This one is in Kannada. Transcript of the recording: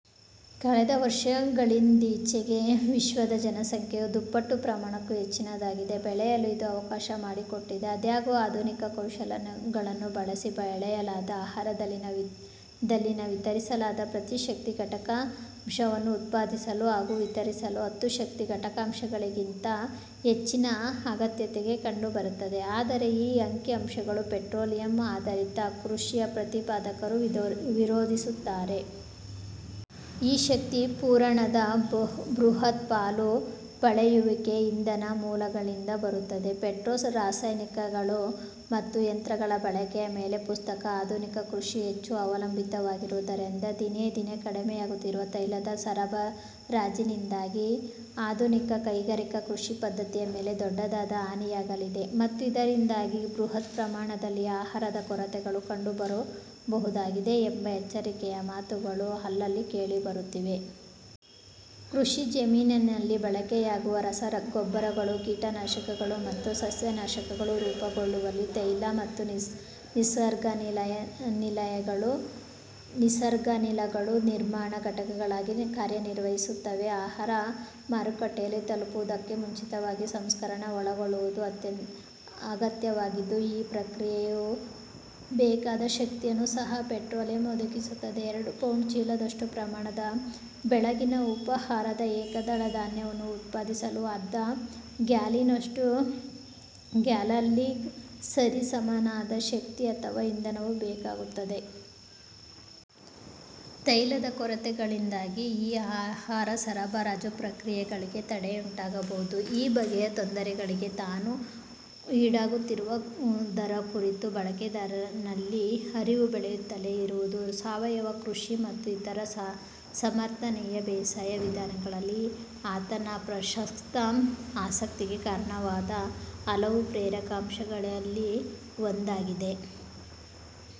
ಕಳೆದ ವರ್ಷಗಳಿಂದೀಚೆಗೆ ವಿಶ್ವದ ಜನಸಂಖ್ಯೆ ಯು ದುಪ್ಪಟ್ಟು ಪ್ರಮಾಣಕ್ಕೂ ಹೆಚ್ಚಿನದಾಗಿ ಬೆಳೆಯಲು ಇದು ಅವಕಾಶಮಾಡಿಕೊಟ್ಟಿದೆ. ಆದಾಗ್ಯೂ, ಆಧುನಿಕ ಕೌಶಲಗಳನ್ನು ಬಳಸಿ ಬೆಳೆಯಲಾದ ಆಹಾರದಲ್ಲಿನ ವಿತರಿಸಲಾದ ಪ್ರತಿ ಶಕ್ತಿ ಘಟಕಾಂಶವನ್ನು ಉತ್ಪಾದಿಸಲು ಹಾಗೂ ವಿತರಿಸಲು ಹತ್ತು ಶಕ್ತಿ ಘಟಕಾಂಶಗಳಿಗಿಂತ ಹೆಚ್ಚಿನ ಅಗತ್ಯತೆ ಕಂಡುಬರುತ್ತದೆ. ಆದರೆ ಈ ಅಂಕಿ-ಅಂಶವನ್ನು ಪೆಟ್ರೋಲಿಯಮ್ -ಆಧರಿತ ಕೃಷಿಯ ಪ್ರತಿಪಾದಕರು ವಿರೋಧಿಸುತ್ತಾರೆ. ಈ ಶಕ್ತಿ ಪೂರಣದ ಬೃಹತ್ ಪಾಲು ಪಳೆಯುಳಿಕೆ ಇಂಧನ ಮೂಲಗಳಿಂದ ಬರುತ್ತದೆ. ಪೆಟ್ರೋ-ರಾಸಾಯನಿಕಗಳು ಮತ್ತು ಯಂತ್ರಗಳ ಬಳಕೆಯ ಮೇಲೆ ಪ್ರಸಕ್ತ ಆಧುನಿಕ ಕೃಷಿಯು ಹೆಚ್ಚು ಅವಲಂಬಿತವಾಗಿರುವುದರಿಂದ, ದಿನೇ ದಿನೇ ಕಡಿಮೆಯಾಗುತ್ತಿರುವ ತೈಲದ ಸರಬರಾಜಿನಿಂದಾಗಿ ಆಧುನಿಕ ಕೈಗಾರಿಕಾ ಕೃಷಿಪದ್ಧತಿಯ ಮೇಲೆ ದೊಡ್ಡದಾದ ಹಾನಿಯಾಗಲಿದೆ, ಮತ್ತು ಇದರಿಂದಾಗಿ ಬೃಹತ್ ಪ್ರಮಾಣದಲ್ಲಿ ಆಹಾರದ ಕೊರತೆಗಳು ಕಂಡುಬರಬಹುದಾಗಿದೆ ಎಂಬ ಎಚ್ಚರಿಕೆಯ ಮಾತುಗಳು ಅಲ್ಲಲ್ಲಿ ಕೇಳಿಬರುತ್ತಿವೆ. ಕೃಷಿ ಜಮೀನಿನಲ್ಲಿ ಬಳಕೆಯಾಗುವ ರಸಗೊಬ್ಬರಗಳು, ಕೀಟನಾಶಕಗಳು ಮತ್ತು ಸಸ್ಯನಾಶಕಗಳು ರೂಪುಗೊಳ್ಳುವಲ್ಲಿ ತೈಲ ಮತ್ತು ನಿಸರ್ಗಾನಿಲಗಳು ನಿರ್ಮಾಣ ಘಟಕಗಳಾಗಿ ಕಾರ್ಯನಿರ್ವಹಿಸುತ್ತವೆ. ಆಹಾರವು ಮಾರುಕಟ್ಟೆಗೆ ತಲುಪುವುದಕ್ಕೆ ಮುಂಚಿತವಾಗಿ ಸಂಸ್ಕರಣೆಗೆ ಒಳಗೊಳ್ಳುವುದು ಅಗತ್ಯವಾಗಿದ್ದು, ಈ ಪ್ರಕ್ರಿಯೆಗೆ ಬೇಕಾದ ಶಕ್ತಿಯನ್ನೂ ಸಹ ಪೆಟ್ರೋಲಿಯಂ ಒದಗಿಸುತ್ತದೆ. ಎರಡು-ಪೌಂಡ್ ಚೀಲದಷ್ಟು ಪ್ರಮಾಣದ ಬೆಳಗಿನ ಉಪಹಾರದ ಏಕದಳ ಧಾನ್ಯವನ್ನು ಉತ್ಪಾದಿಸಲು ಅರ್ಧ-ಗ್ಯಾಲನ್ನಿನಷ್ಟು ಗ್ಯಾಸೋಲೀನ್ಗೆ ಸರಿಸಮನಾದ ಶಕ್ತಿ ಅಥವಾ ಇಂಧನವು ಬೇಕಾಗುತ್ತದೆ. ತೈಲದ ಕೊರತೆಗಳಿಂದಾಗಿ ಈ ಆಹಾರ ಸರಬರಾಜು ಪ್ರಕ್ರಿಯೆಗಳಿಗೆ ತಡೆಯುಂಟಾಗಬಹುದು. ಈ ಬಗೆಯ ತೊಂದರೆಗಳಿಗೆ ತಾನು ಈಡಾಗುತ್ತಿರುವುದರ ಕುರಿತು ಬಳಕೆದಾರನಲ್ಲಿ ಅರಿವು ಬೆಳೆಯುತ್ತಲೇ ಇರುವುದು, ಸಾವಯವ ಕೃಷಿ ಮತ್ತು ಇತರ ಸಮರ್ಥನೀಯ ಬೇಸಾಯ ವಿಧಾನಗಳಲ್ಲಿ ಆತನ ಪ್ರಸಕ್ತ ಆಸಕ್ತಿಗೆ ಕಾರಣವಾದ ಹಲವು ಪ್ರೇರಕ ಅಂಶಗಳಲ್ಲಿ ಒಂದಾಗಿದೆ.